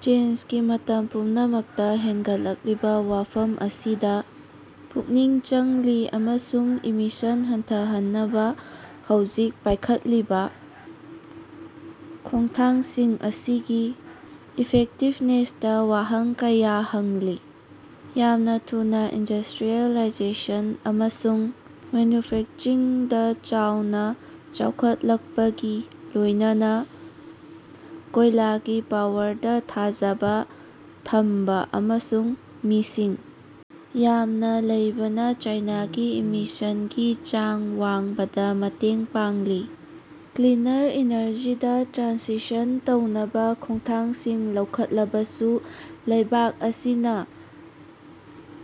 ꯆꯦꯟꯖꯒꯤ ꯃꯇꯝ ꯄꯨꯝꯅꯃꯛꯇ ꯍꯦꯟꯒꯠꯂꯛꯂꯤꯕ ꯋꯥꯐꯝ ꯑꯁꯤꯗ ꯄꯨꯛꯅꯤꯡ ꯆꯪꯂꯤ ꯑꯃꯁꯨꯡ ꯏꯃꯤꯁꯟ ꯍꯟꯊꯍꯟꯅꯕ ꯍꯧꯖꯤꯛ ꯄꯥꯏꯈꯠꯂꯤꯕ ꯈꯣꯡꯊꯥꯡꯁꯤꯡ ꯑꯁꯤꯒꯤ ꯏꯐꯦꯛꯇꯤꯕꯅꯦꯁꯇ ꯋꯥꯍꯪ ꯀꯌꯥ ꯍꯪꯂꯤ꯫ ꯌꯥꯝꯅ ꯊꯨꯅꯥ ꯏꯟꯗꯁꯇ꯭ꯔꯤꯌꯦꯂꯥꯏꯖꯦꯁꯟ ꯑꯃꯁꯨꯡ ꯃꯦꯅ꯭ꯌꯨꯐꯦꯛꯆꯔꯤꯡꯗ ꯆꯥꯎꯅ ꯆꯥꯎꯈꯠꯂꯛꯄꯒ ꯂꯣꯏꯅꯅ ꯀꯣꯏꯂꯥꯒꯤ ꯄꯥꯋꯔꯗ ꯊꯥꯖꯕ ꯊꯝꯕ ꯑꯃꯁꯨꯡ ꯃꯤꯁꯤꯡ ꯌꯥꯝꯅ ꯂꯩꯕꯅ ꯆꯥꯏꯅꯥꯒꯤ ꯏꯃꯤꯁꯟꯒꯤ ꯆꯥꯡ ꯋꯥꯡꯕꯗ ꯃꯇꯦꯡ ꯄꯥꯡꯂꯤ꯫ ꯀ꯭ꯂꯤꯅꯔ ꯏꯅꯔꯖꯤꯗ ꯇ꯭ꯔꯥꯟꯁꯤꯁꯟ ꯇꯧꯅꯕ ꯈꯣꯡꯊꯥꯡꯁꯤꯡ ꯂꯧꯈꯠꯂꯕꯁꯨ ꯂꯩꯕꯥꯛ ꯑꯁꯤꯅ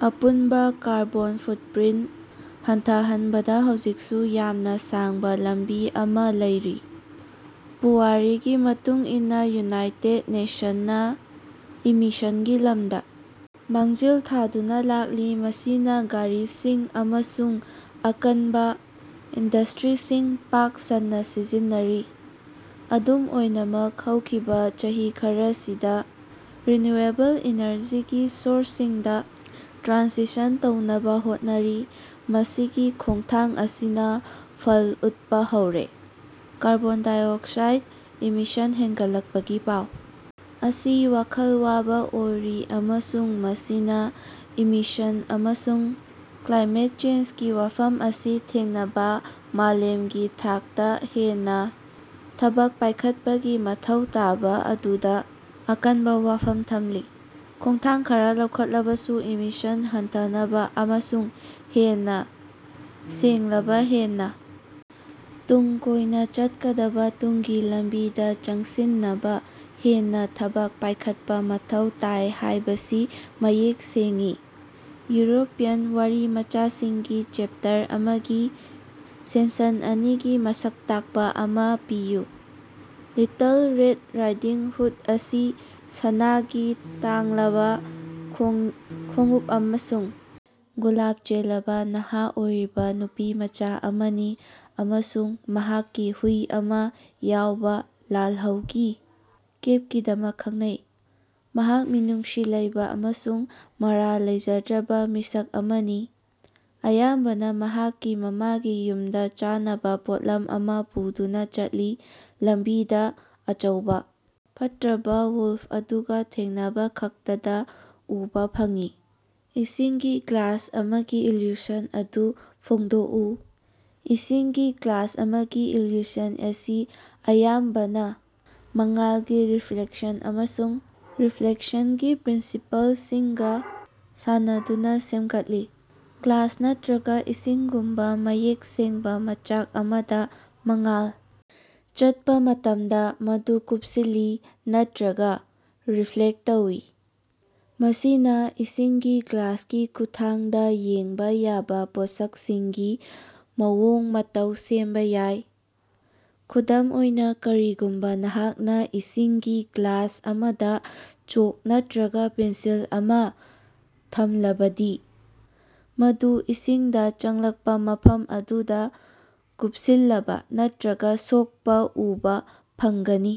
ꯑꯄꯨꯟꯕ ꯀꯥꯔꯕꯣꯟ ꯐꯨꯠꯄ꯭ꯔꯤꯟ ꯍꯟꯊꯍꯟꯕꯗ ꯍꯧꯖꯤꯛꯁꯨ ꯌꯥꯝꯅ ꯁꯥꯡꯕ ꯂꯝꯕꯤ ꯑꯃꯥ ꯂꯩꯔꯤ꯫ ꯄꯨꯋꯥꯔꯤꯒꯤ ꯃꯇꯨꯡ ꯏꯟꯅ ꯌꯨꯅꯥꯏꯇ‌ꯦꯠ ꯅ‌ꯦꯁꯟꯅ ꯏꯃꯤꯁꯟꯒꯤ ꯂꯝꯗ ꯃꯥꯡꯖꯤꯜ ꯊꯥꯗꯨꯅ ꯂꯥꯛꯂꯤ ꯃꯁꯤꯅ ꯒꯥꯔꯤꯁꯤꯡ ꯑꯃꯁꯨꯡ ꯑꯀꯟꯕ ꯏꯟꯗꯁꯇ꯭ꯔꯤꯁꯤꯡ ꯄꯥꯛ ꯁꯟꯅ ꯁꯤꯖꯤꯟꯅꯔꯤ꯫ ꯑꯗꯨꯝ ꯑꯣꯏꯅꯃꯛ ꯍꯧꯈꯤꯕ ꯆꯍꯤ ꯈꯔꯁꯤꯗ ꯔꯤꯅ‍꯭ꯌꯨꯑꯦꯕꯜ ꯏꯅꯔꯖꯤꯒꯤ ꯁꯣꯔꯁꯁꯤꯡꯗ ꯇ꯭ꯔꯥꯟꯁꯤꯁꯟ ꯇꯧꯅꯕ ꯍꯣꯠꯅꯔꯤ ꯃꯁꯤꯒꯤ ꯈꯣꯡꯊꯥꯡ ꯑꯁꯤꯅ ꯐꯜ ꯎꯠꯄ ꯍꯧꯔꯦ꯫ ꯀꯥꯔꯕ‌ꯣꯟ ꯗꯥꯏꯑꯣꯛꯁꯥꯏꯠ ꯏꯃꯤꯁꯟ ꯍꯦꯟꯒꯠꯂꯛꯄꯒꯤ ꯄꯥꯎ ꯑꯁꯤ ꯋꯥꯈꯜ ꯋꯥꯕ ꯑꯣꯏꯔꯤ ꯑꯃꯁꯨꯡ ꯃꯁꯤꯅ ꯏꯃꯤꯁꯟ ꯑꯃꯁꯨꯡ ꯀ꯭ꯂꯥꯏꯃꯦꯠ ꯆꯦꯟꯖꯒꯤ ꯋꯥꯐꯝ ꯑꯁꯤ ꯊꯦꯡꯅꯅꯕ ꯃꯥꯂꯦꯝꯒꯤ ꯊꯥꯛꯇ ꯍꯦꯟꯅ ꯊꯕꯛ ꯄꯥꯏꯈꯠꯄꯒꯤ ꯃꯊꯧ ꯇꯥꯕ ꯑꯗꯨꯗ ꯑꯀꯟꯕ ꯋꯥꯐꯝ ꯊꯝꯂꯤ꯫ ꯈꯣꯡꯊꯥꯡ ꯈꯔ ꯂꯧꯈꯠꯂꯕꯁꯨ ꯏꯃꯤꯁꯟ ꯍꯟꯊꯍꯟꯅꯕ ꯑꯃꯁꯨꯡ ꯍꯦꯟꯅ ꯁꯦꯡꯂꯕ ꯍꯦꯟꯅ ꯇꯨꯡ ꯀꯣꯏꯅ ꯆꯠꯀꯗꯕ ꯇꯨꯡꯒꯤ ꯂꯝꯕꯤꯗ ꯆꯪꯁꯤꯟꯅꯕ ꯍꯦꯟꯅ ꯊꯕꯛ ꯄꯥꯏꯈꯠꯄ ꯃꯊꯧ ꯇꯥꯏ ꯍꯥꯏꯕꯁꯤ ꯃꯌꯦꯛ ꯁꯦꯡꯏ꯫ ꯌꯨꯔꯣꯄꯤꯌꯟ ꯋꯥꯔꯤꯃꯆꯥꯁꯤꯡꯗꯒꯤ ꯆ‌ꯦꯞꯇꯔ ꯑꯃꯒꯤ ꯁꯦꯟꯁꯟ ꯑꯅꯤꯒꯤ ꯃꯁꯛ ꯇꯥꯛꯄ ꯑꯃ ꯄꯤꯌꯨ꯫ ꯂꯤꯇꯜ ꯔꯦꯗ ꯔꯥꯏꯗꯤꯡ ꯍꯨꯗ ꯑꯁꯤ ꯁꯅꯥꯒꯤ ꯇꯥꯡꯂꯕ ꯈꯣꯡꯎꯞ ꯑꯃꯁꯨꯡ ꯒꯣꯂꯥꯞ ꯆꯦꯜꯂꯕ ꯅꯍꯥ ꯑꯣꯏꯔꯤꯕ ꯅꯨꯄꯤꯃꯆꯥ ꯑꯃꯅꯤ ꯑꯃꯁꯨꯡ ꯃꯍꯥꯛꯀꯤ ꯍꯨꯏ ꯑꯃ ꯌꯥꯎꯕ ꯂꯥꯜꯍꯧꯒꯤ ꯀꯦꯞꯀꯤꯗꯃꯛ ꯈꯪꯅꯩ꯫ ꯃꯍꯥꯛ ꯃꯤꯅꯨꯡꯁꯤ ꯂꯩꯕ ꯑꯃꯁꯨꯡ ꯃꯔꯥꯜ ꯂꯩꯖꯗ꯭ꯔꯕ ꯃꯤꯁꯛ ꯑꯃꯅꯤ, ꯑꯌꯥꯝꯕꯅ ꯃꯍꯥꯛꯀꯤ ꯃꯃꯥꯒꯤ ꯌꯨꯝꯗ ꯆꯥꯅꯕ ꯄꯣꯠꯂꯝ ꯑꯃ ꯄꯨꯗꯨꯅ ꯆꯠꯂꯤꯕ, ꯂꯝꯕꯤꯗ ꯑꯆꯧꯕ ꯐꯠꯇꯕ ꯋ‌ꯣꯜꯐ ꯑꯗꯨꯒ ꯊꯦꯡꯅꯕꯈꯛꯇꯗ ꯎꯕ ꯐꯪꯏ꯫ ꯏꯁꯤꯡꯒꯤ ꯒ꯭ꯂꯥꯁ ꯑꯃꯒꯤ ꯏꯜꯌꯨꯁꯟ ꯑꯗꯨ ꯐꯣꯡꯗꯣꯛꯎ꯫ ꯏꯁꯤꯡꯒꯤ ꯒ꯭ꯂꯥꯁ ꯑꯃꯒꯤ ꯏꯜꯌꯨꯁꯟ ꯑꯁꯤ ꯑꯌꯥꯝꯕꯅ ꯃꯉꯥꯜꯒꯤ ꯔꯤꯐ꯭ꯂꯦꯛꯁꯟ ꯑꯃꯁꯨꯡ ꯔꯤꯐ꯭ꯂ‌ꯦꯛꯁꯟꯒꯤ ꯄ꯭ꯔꯤꯟꯁꯤꯄꯜꯁꯤꯡꯒ ꯁꯥꯟꯅꯗꯨꯅ ꯁꯦꯝꯒꯠꯂꯤ꯫ ꯒ꯭ꯂꯥꯁ ꯅꯠꯇ꯭ꯔꯒ ꯏꯁꯤꯡꯒꯨꯝꯕ ꯃꯌꯦꯛ ꯁꯦꯡꯕ ꯃꯆꯥꯛ ꯑꯃꯗ ꯃꯉꯥꯜ ꯆꯠꯄ ꯃꯇꯝꯗ, ꯃꯗꯨ ꯀꯨꯞꯁꯤꯜꯂꯤ ꯅꯠꯇ꯭ꯔꯒ ꯔꯤꯐ꯭ꯂ‌ꯦꯛ ꯇꯧꯏ꯫ ꯃꯁꯤꯅ ꯏꯁꯤꯡꯒꯤ ꯒ꯭ꯂꯥꯁꯀꯤ ꯈꯨꯠꯊꯥꯡꯗ ꯌꯦꯡꯕ ꯌꯥꯕ ꯄꯣꯠꯁꯛꯁꯤꯡꯒꯤ ꯃꯑꯣꯡ-ꯃꯇꯧ ꯁꯦꯝꯕ ꯌꯥꯏ꯫ ꯈꯨꯗꯝ ꯑꯣꯏꯅ, ꯀꯔꯤꯒꯨꯝꯕ ꯅꯍꯥꯛꯅ ꯏꯁꯤꯡꯒꯤ ꯒ꯭ꯂꯥꯁ ꯑꯃꯗ ꯆ‌ꯣꯛ ꯅꯠꯇ꯭ꯔꯒ ꯄꯦꯟꯁꯤꯜ ꯑꯃ ꯊꯝꯂꯕꯗꯤ, ꯃꯗꯨ ꯏꯁꯤꯡꯗ ꯆꯪꯂꯛꯄ ꯃꯐꯝ ꯑꯗꯨꯗ ꯀꯨꯞꯁꯤꯜꯂꯕ ꯅꯠꯇ꯭ꯔꯒ ꯁꯣꯛꯄ ꯎꯕ ꯐꯪꯒꯅꯤ꯫